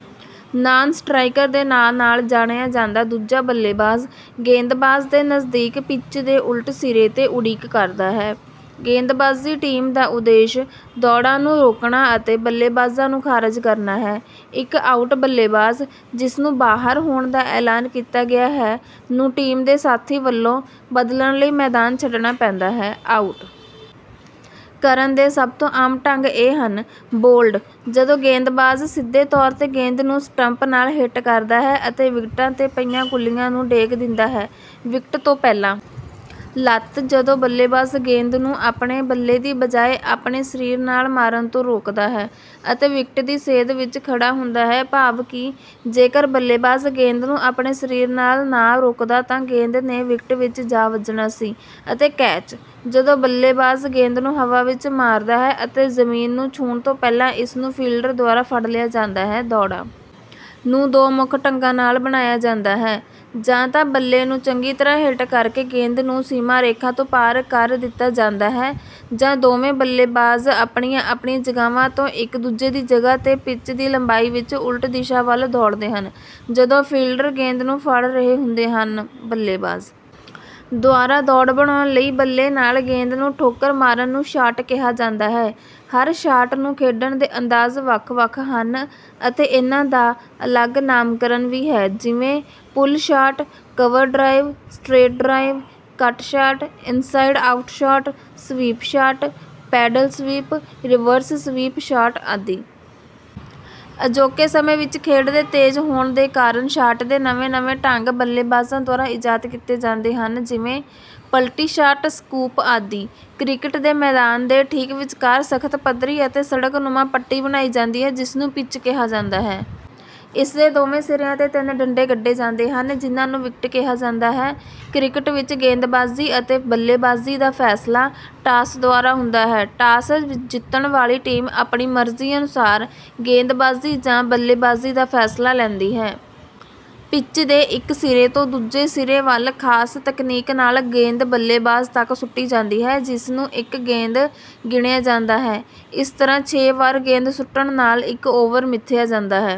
Non-striker ਦੇ ਨਾਂ ਨਾਲ ਜਾਣਿਆ ਜਾਂਦਾ ਦੂਜਾ ਬੱਲੇਬਾਜ਼, ਗੇਂਦਬਾਜ਼ ਦੇ ਨਜ਼ਦੀਕ ਪਿੱਚ ਦੇ ਉਲਟ ਸਿਰੇ ’ਤੇ ਉਡੀਕ ਕਰਦਾ ਹੈ। ਗੇਂਦਬਾਜ਼ੀ ਟੀਮ ਦਾ ਉਦੇਸ਼ ਦੌੜਾਂ ਨੂੰ ਰੋਕਣਾ ਅਤੇ ਬੱਲੇਬਾਜ਼ਾਂ ਨੂੰ ਖਾਰਜ ਕਰਨਾ ਹੈ। ਇੱਕ ਆਊਟ ਬੱਲੇਬਾਜ਼, ਜਿਸਨੂੰ “ਬਾਹਰ” ਹੋਣ ਦਾ ਐਲਾਨ ਕੀਤਾ ਗਿਆ ਹੈ, ਨੂੰ ਟੀਮ ਦੇ ਸਾਥੀ ਵੱਲੋਂ ਬਦਲਣ ਲਈ ਮੈਦਾਨ ਛੱਡਣਾ ਪੈਂਦਾ ਹੈ। ਆਊਟ ਕਰਨ ਦੇ ਸਭ ਤੋਂ ਆਮ ਢੰਗ ਇਹ ਹਨ: ਬੋਲਡ, ਜਦੋਂ ਗੇਂਦਬਾਜ਼ ਸਿੱਧੇ ਤੌਰ ’ਤੇ ਗੇਂਦ ਨੁੰ ਸਟੰਪ ਨਾਲ ਹਿੱਟ ਕਰਦਾ ਹੈ ਅਤੇ ਵਿਕਟਾਂ ’ਤੇ ਪਈਆਂ ਗੁੱਲੀਆਂ ਨੂੰ ਡੇਗ ਦਿੰਦਾ ਹੈ; ਵਿਕਟ ਤੋਂ ਪਹਿਲਾਂ ਲੱਤ, ਜਦੋਂ ਬੱਲੇਬਾਜ਼ ਗੇਂਦ ਨੂੰ ਆਪਣੇ ਬੱਲੇ ਦੀ ਬਜਾਏ ਆਪਣੇ ਸਰੀਰ ਨਾਲ ਮਾਰਨ ਤੋਂ ਰੋਕਦਾ ਹੈ ਅਤੇ ਵਿਕਟ ਦੀ ਸੇਧ ਵਿੱਚ ਖੜ੍ਹਾ ਹੁੰਦਾ ਹੈ, ਭਾਵ ਕਿ ਜੇਕਰ ਬੱਲੇਬਾਜ਼ ਗੇਂਦ ਨੂੰ ਆਪਣੇ ਸਰੀਰ ਨਾਲ ਨਾ ਰੋਕਦਾ ਤਾਂ ਗੇਂਦ ਨੇ ਵਿਕਟ ਵਿੱਚ ਜਾ ਵੱਜਣਾ ਸੀ; ਅਤੇ ਕੈਚ, ਜਦੋਂ ਬੱਲੇਬਾਜ਼ ਗੇਂਦ ਨੂੰ ਹਵਾ ਵਿੱਚ ਮਾਰਦਾ ਹੈ ਅਤੇ ਜ਼ਮੀਨ ਨੂੰ ਛੂਹਣ ਤੋਂ ਪਹਿਲਾਂ ਇਸ ਨੂੰ ਫੀਲਡਰ ਦੁਆਰਾ ਫੜ ਲਿਆ ਜਾਂਦਾ ਹੈ। ਦੌੜਾਂ ਨੂੰ ਦੋ ਮੁੱਖ ਢੰਗਾਂ ਦੁਆਰਾ ਬਣਾਇਆ ਜਾਂਦਾ ਹੈ। ਜਾਂ ਤਾਂ ਬੱਲੇ ਨੂੰ ਚੰਗੀ ਤਰ੍ਹਾਂ ਹਿੱਟ ਕਰਕੇ ਗੇਂਦ ਨੂੰ ਸੀਮਾ-ਰੇਖਾ ਤੋਂ ਪਾਰ ਕਰ ਦਿੱਤਾ ਜਾਂਦਾ ਹੈ, ਜਾਂ ਦੋਵੇਂ ਬੱਲੇਬਾਜ਼ ਆਪਣੀਆਂ-ਆਪਣੀਆਂ ਜਗ੍ਹਾਵਾਂ ਤੋਂ ਇੱਕ-ਦੂਜੇ ਦੀ ਜਗ੍ਹਾ ’ਤੇ ਪਿੱਚ ਦੀ ਲੰਬਾਈ ਵਿੱਚ ਉਲਟ ਦਿਸ਼ਾ ਵੱਲ ਦੌੜਦੇ ਹਨ, ਜਦੋਂ ਫੀਲਡਰ ਗੇਂਦ ਨੂੰ ਫੜ ਰਹੇ ਹੁੰਦੇ ਹਨ। ਬੱਲੇਬਾਜ਼ ਦੁਆਰਾ ਦੌੜ ਬਣਾਉਣ ਲਈ ਬੱਲੇ ਨਾਲ ਗੇਂਦ ਨੂੰ ਠੋਕਰ ਮਾਰਨ ਨੂੰ ਸ਼ਾਟ ਕਿਹਾ ਜਾਂਦਾ ਹੈ। ਹਰ ਸ਼ਾਟ ਨੂੰ ਖੇਡਣ ਦੇ ਅੰਦਾਜ਼ ਵੱਖ-ਵੱਖ ਹਨ ਅਤੇ ਇਨ੍ਹਾਂ ਦਾ ਅਲੱਗ ਨਾਮਕਰਨ ਵੀ ਹੈ, ਜਿਵੇਂ—ਪੁੱਲ shot, cover drive, straight drive, cut shot, inside out shot, sweep shot, paddle sweep, reverse sweep shot ਆਦਿ। ਅਜੋਕੇ ਸਮੇਂ ਵਿੱਚ ਖੇਡ ਦੇ ਤੇਜ਼ ਹੋਣ ਕਾਰਨ ਸ਼ਾਟ ਦੇ ਨਵੇਂ-ਨਵੇਂ ਢੰਗ ਬੱਲੇਬਾਜ਼ਾਂ ਦੁਆਰਾ ਇਜਾਦ ਕੀਤੇ ਗਏ ਹਨ, ਜਿਵੇਂ—ਪਲਟੀ ਸ਼ਾਟ, ਸਕੂਪ ਆਦਿ। ਕ੍ਰਿਕਟ ਦੇ ਮੈਦਾਨ ਦੇ ਠੀਕ ਵਿਚਕਾਰ ਸਖ਼ਤ, ਪੱਧਰੀ ਅਤੇ ਸੜਕ-ਨੁਮਾ ਪੱਟੀ ਬਣਾਈ ਜਾਂਦੀ ਹੈ, ਜਿਸਨੂੰ ਪਿੱਚ ਕਿਹਾ ਜਾਂਦਾ ਹੈ। ਇਸ ਦੇ ਦੋਵੇਂ ਸਿਰਿਆਂ ’ਤੇ ਤਿੰਨ ਡੰਡੇ ਗੱਡੇ ਜਾਂਦੇ ਹਨ, ਜਿਨ੍ਹਾਂ ਨੂੰ ਵਿਕਟ ਕਿਹਾ ਜਾਂਦਾ ਹੈ। ਕ੍ਰਿਕਟ ਵਿੱਚ ਗੇਂਦਬਾਜ਼ੀ ਅਤੇ ਬੱਲੇਬਾਜ਼ੀ ਦਾ ਫ਼ੈਸਲਾ ਟਾਸ ਦੁਆਰਾ ਹੁੰਦਾ ਹੈ। ਟਾਸ ਜਿੱਤਣ ਵਾਲੀ ਟੀਮ ਆਪਣੀ ਮਰਜ਼ੀ ਅਨੁਸਾਰ ਗੇਂਦਬਾਜ਼ੀ ਜਾਂ ਬੱਲੇਬਾਜ਼ੀ ਦਾ ਫ਼ੈਸਲਾ ਲੈਂਦੀ ਹੈ। ਪਿੱਚ ਦੇ ਇੱਕ ਸਿਰੇ ਤੋਂ ਦੂਜੇ ਸਿਰੇ ਵੱਲ ਖ਼ਾਸ ਤਕਨੀਕ ਨਾਲ ਗੇਂਦ ਬੱਲੇਬਾਜ਼ ਤੱਕ ਸੁੱਟੀ ਜਾਂਦੀ ਹੈ, ਜਿਸਨੂੰ ਇੱਕ ਗੇਂਦ ਗਿਣਿਆ ਜਾਂਦਾ ਹੈ। ਇਸ ਤਰ੍ਹਾਂ ਛੇ ਵਾਰ ਗੇਂਦ ਸੁੱਟਣ ਨਾਲ ਇੱਕ ਓਵਰ ਮਿਥਿਆ ਜਾਂਦਾ ਹੈ।